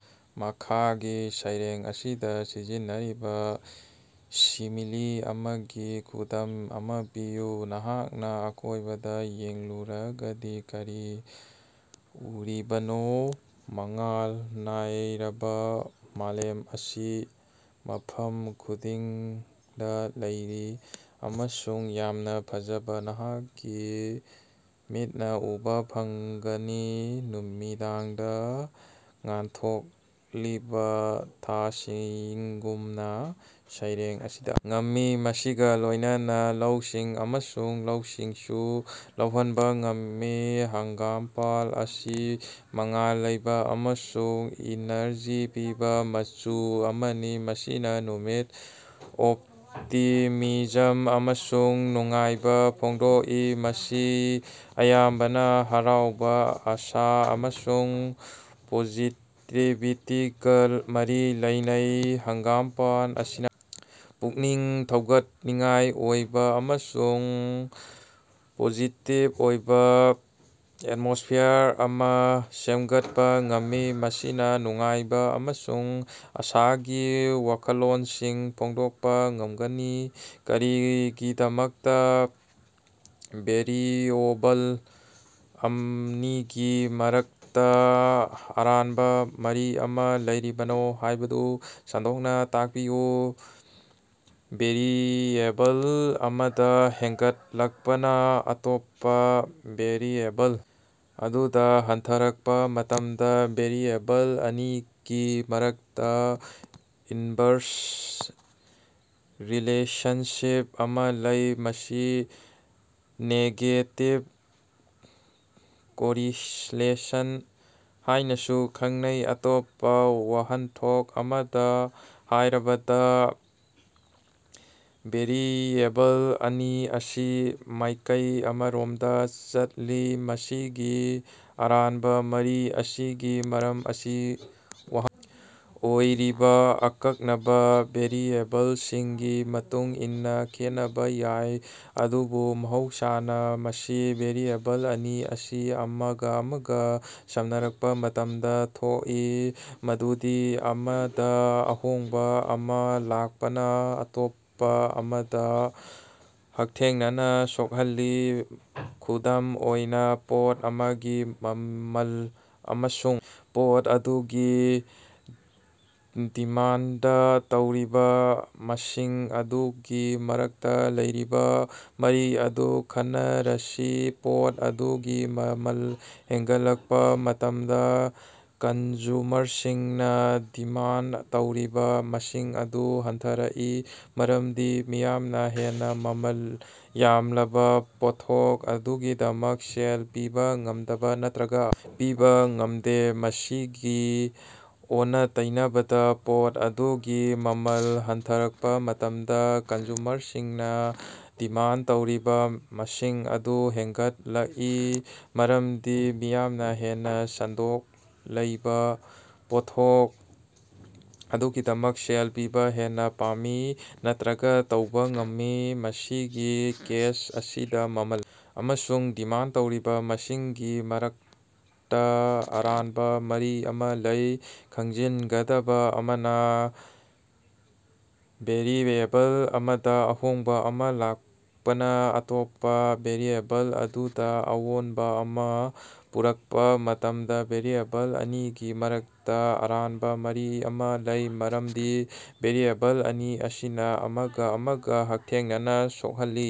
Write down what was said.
ꯃꯈꯥꯒꯤ ꯁꯩꯔꯦꯡ ꯑꯁꯤꯗ ꯁꯤꯖꯤꯟꯅꯔꯤꯕ ꯁꯤꯃꯤꯂꯤ ꯑꯃꯒꯤ ꯈꯨꯗꯝ ꯑꯃ ꯄꯤꯌꯨ꯫ ꯅꯍꯥꯛꯅ ꯑꯀꯣꯏꯕꯗ ꯌꯦꯡꯂꯨꯔꯒꯗꯤ ꯀꯔꯤ ꯎꯔꯤꯕꯅꯣ? ꯃꯉꯥꯜ ꯅꯥꯏꯔꯕ ꯃꯥꯂꯦꯝ ꯑꯁꯤ ꯃꯐꯝ ꯈꯨꯗꯤꯡꯗ ꯂꯩꯔꯤ꯫ ꯑꯁꯨꯛ ꯌꯥꯝꯅ ꯐꯖꯕ ꯅꯍꯥꯛꯀꯤ ꯃꯤꯠꯅ ꯎꯕ ꯐꯪꯒꯅꯤ ꯅꯨꯃꯤꯗꯥꯡꯗ ꯉꯥꯟꯊꯣꯛꯂꯤꯕ ꯊꯥꯁꯤꯡꯒꯨꯝꯅ꯫ ꯁꯩꯔꯦꯡ ꯑꯁꯤꯗ ꯉꯝꯃꯤ꯫ ꯃꯁꯤꯒ ꯂꯣꯏꯅꯅ ꯂꯧꯁꯤꯡ ꯑꯃꯁꯨꯡ ꯂꯧꯁꯤꯡꯁꯨ ꯂꯩꯍꯟꯕ ꯉꯝꯃꯤ꯫ ꯍꯪꯒꯥꯝꯄꯥꯟ ꯑꯁꯤ ꯃꯉꯥꯜ ꯂꯩꯕ ꯑꯃꯁꯨꯡ ꯏꯅꯔꯖꯤ ꯄꯤꯕ ꯃꯆꯨ ꯑꯃꯅꯤ꯫ ꯃꯁꯤꯅ ꯅꯨꯃꯤꯠ, ꯑꯣꯞꯇꯤꯃꯤꯖꯝ ꯑꯃꯁꯨꯡ ꯅꯨꯡꯉꯥꯏꯕ ꯐꯣꯡꯗꯣꯛꯏ꯫ ꯃꯁꯤ ꯑꯌꯥꯝꯕꯅ ꯍꯔꯥꯎꯕ, ꯑꯁꯥ ꯑꯃꯁꯨꯡ ꯄꯣꯖꯤꯇꯤꯚꯤꯇꯤꯒ ꯃꯔꯤ ꯂꯩꯅꯩ꯫ ꯍꯪꯒꯥꯝꯄꯥꯟ ꯑꯁꯤꯅ ꯄꯨꯛꯅꯤꯡ ꯊꯧꯒꯠꯅꯤꯡꯉꯥꯏ ꯑꯣꯏꯕ ꯑꯃꯁꯨꯡ ꯄꯣꯖꯤꯇꯤꯚ ꯑꯣꯏꯕ ꯑꯦꯠꯃꯣꯁ꯭ꯐꯤꯌꯔ ꯑꯃ ꯁꯦꯝꯒꯠꯄ ꯉꯝꯃꯤ꯫ ꯃꯁꯤꯅ ꯅꯨꯡꯉꯥꯏꯕ ꯑꯃꯁꯨꯡ ꯑꯁꯥꯒꯤ ꯋꯥꯈꯜꯂꯣꯟꯁꯤꯡ ꯐꯣꯡꯗꯣꯛꯄ ꯉꯝꯒꯅꯤ꯫ ꯀꯔꯤꯒꯤꯗꯃꯛꯇ ꯚꯦꯔꯤꯑꯦꯕꯜ ꯑꯅꯤꯒꯤ ꯃꯔꯛꯇ ꯑꯔꯥꯟꯕ ꯃꯔꯤ ꯑꯃ ꯂꯩꯔꯤꯕꯅꯣ ꯍꯥꯏꯕꯗꯨ ꯁꯟꯗꯣꯛꯅ ꯇꯥꯛꯄꯤꯌꯨ꯫ ꯚꯦꯔꯤꯑꯦꯕꯜ ꯑꯃꯗ ꯍꯦꯟꯒꯠꯂꯛꯄꯅ ꯑꯇꯣꯞꯄ ꯚꯦꯔꯤꯑꯦꯕꯜ ꯑꯗꯨꯗ ꯍꯟꯊꯔꯛꯄ ꯃꯇꯝꯗ ꯚꯦꯔꯤꯑꯦꯕꯜ ꯑꯅꯤꯒꯤ ꯃꯔꯛꯇ ꯏꯟꯚꯔꯁ ꯔꯤꯂꯦꯁꯟꯁꯤꯞ ꯑꯃ ꯂꯩ ꯫ ꯃꯁꯤ ꯅꯦꯒꯦꯇꯤꯚ ꯀꯣꯔꯤꯂꯦꯁꯟ ꯍꯥꯏꯅꯁꯨ ꯈꯪꯅꯩ꯫ ꯑꯇꯣꯞꯄ ꯋꯥꯍꯟꯊꯣꯛ ꯑꯃꯗ ꯍꯥꯏꯔꯕꯗ, ꯚꯦꯔꯤꯑꯦꯕꯜ ꯑꯅꯤ ꯑꯁꯤ ꯃꯥꯏꯀꯩ ꯑꯃꯔꯣꯝꯗ ꯆꯠꯂꯤ꯫ ꯃꯁꯤꯒꯤ ꯑꯔꯥꯟꯕ ꯃꯔꯤ ꯑꯁꯤꯒꯤ ꯃꯔꯝ ꯑꯁꯤ ꯋꯥꯍꯪ ꯑꯣꯏꯔꯤꯕ ꯑꯀꯛꯅꯕ ꯚꯦꯔꯤꯑꯦꯕꯜꯁꯤꯡꯒꯤ ꯃꯇꯨꯡ ꯏꯟꯅ ꯈꯦꯠꯅꯕ ꯌꯥꯏ, ꯑꯗꯨꯕꯨ ꯃꯍꯧꯁꯥꯅ ꯃꯁꯤ ꯚꯦꯔꯤꯑꯦꯕꯜ ꯑꯅꯤ ꯑꯁꯤ ꯑꯃꯒ ꯑꯃꯒ ꯁꯝꯅꯔꯛꯄ ꯃꯇꯝꯗ ꯊꯣꯛꯏ꯫ ꯃꯗꯨꯗꯤ ꯑꯃꯗ ꯑꯍꯣꯡꯕ ꯑꯃ ꯂꯥꯛꯄꯅ ꯑꯇꯣꯞꯄ ꯑꯃꯗ ꯍꯛꯊꯦꯡꯅꯅ ꯁꯣꯍꯜꯂꯤ꯫ ꯈꯨꯗꯝ ꯑꯣꯏꯅ, ꯄꯣꯠ ꯑꯃꯒꯤ ꯃꯃꯜ ꯑꯃꯁꯨꯡ ꯄꯣꯠ ꯑꯗꯨꯒꯤ ꯗꯤꯃꯥꯟꯗ ꯇꯧꯔꯤꯕ ꯃꯁꯤꯡ ꯑꯗꯨꯒꯤ ꯃꯔꯛꯇ ꯂꯩꯔꯤꯕ ꯃꯔꯤ ꯑꯗꯨ ꯈꯟꯅꯔꯁꯤ꯫ ꯄꯣꯠ ꯑꯗꯨꯒꯤ ꯃꯃꯜ ꯍꯦꯟꯒꯠꯂꯛꯄ ꯃꯇꯝꯗ ꯀꯟꯖ꯭ꯌꯨꯃꯔꯁꯤꯡꯅ ꯗꯤꯃꯥꯟꯗ ꯇꯧꯔꯤꯕ ꯃꯁꯤꯡ ꯑꯗꯨ ꯍꯟꯊꯔꯛꯏ꯫ ꯃꯔꯝꯗꯤ ꯃꯤꯌꯥꯝꯅ ꯍꯦꯟꯅ ꯃꯃꯜ ꯌꯥꯝꯂꯕ ꯄꯣꯠꯊꯣꯛ ꯑꯗꯨꯒꯤꯗꯃꯛ ꯁꯦꯜ ꯄꯤꯕ ꯉꯝꯗꯕ ꯅꯠꯇ꯭ꯔꯒ ꯄꯤꯕ ꯉꯝꯗꯦ꯫ ꯃꯁꯤꯒꯤ ꯑꯣꯟꯅ-ꯇꯩꯅꯕꯗ ꯄꯣꯠ ꯑꯗꯨꯒꯤ ꯃꯃꯜ ꯍꯟꯊꯔꯛꯄ ꯃꯇꯝꯗ ꯀꯟꯖ꯭ꯌꯨꯃꯔꯁꯤꯡꯅ ꯗꯤꯃꯥꯟꯗ ꯇꯧꯔꯤꯕ ꯃꯁꯤꯡ ꯑꯗꯨ ꯍꯦꯟꯒꯠꯂꯛꯏ, ꯃꯔꯝꯗꯤ ꯃꯤꯌꯥꯝꯅ ꯍꯦꯟꯅ ꯁꯦꯟꯗꯣꯡ ꯂꯩꯕ ꯄꯣꯠꯊꯣꯛ ꯑꯗꯨꯒꯤꯗꯃꯛ ꯁꯦꯜ ꯄꯤꯕ ꯍꯦꯟꯅ ꯄꯥꯝꯃꯤ ꯅꯠꯇ꯭ꯔꯒ ꯇꯧꯕ ꯉꯝꯃꯤ꯫ ꯃꯁꯤꯒꯤ ꯀꯦꯁ ꯑꯁꯤꯗ ꯃꯃꯜ ꯑꯃꯁꯨꯡ ꯗꯤꯃꯥꯟꯗ ꯇꯧꯔꯤꯕ ꯃꯁꯤꯡꯒꯤ ꯃꯔꯛꯇ ꯑꯔꯥꯟꯕ ꯃꯔꯤ ꯑꯃ ꯂꯩ꯫ ꯈꯪꯖꯤꯟꯒꯗꯕ ꯑꯃꯅ, ꯚꯦꯔꯤꯑꯦꯕꯜ ꯑꯃꯗ ꯑꯍꯣꯡꯕ ꯑꯃ ꯂꯥꯛꯄꯅ ꯑꯇꯣꯞꯄ ꯚꯦꯔꯤꯑꯦꯕꯜ ꯑꯗꯨꯗ ꯑꯍꯣꯡꯕ ꯑꯃ ꯄꯨꯔꯛꯄ ꯃꯇꯝꯗ ꯚꯦꯔꯤꯑꯦꯕꯜ ꯑꯅꯤꯒꯤ ꯃꯔꯛꯇ ꯑꯔꯥꯟꯕ ꯃꯔꯤ ꯑꯃ ꯂꯩ꯫ ꯃꯔꯝꯗꯤ ꯚꯦꯔꯤꯑꯦꯕꯜ ꯑꯅꯤ ꯑꯁꯤꯅ ꯑꯃꯒ ꯑꯃꯒ ꯍꯛꯊꯦꯡꯅꯅ ꯁꯣꯛꯍꯜꯂꯤ꯫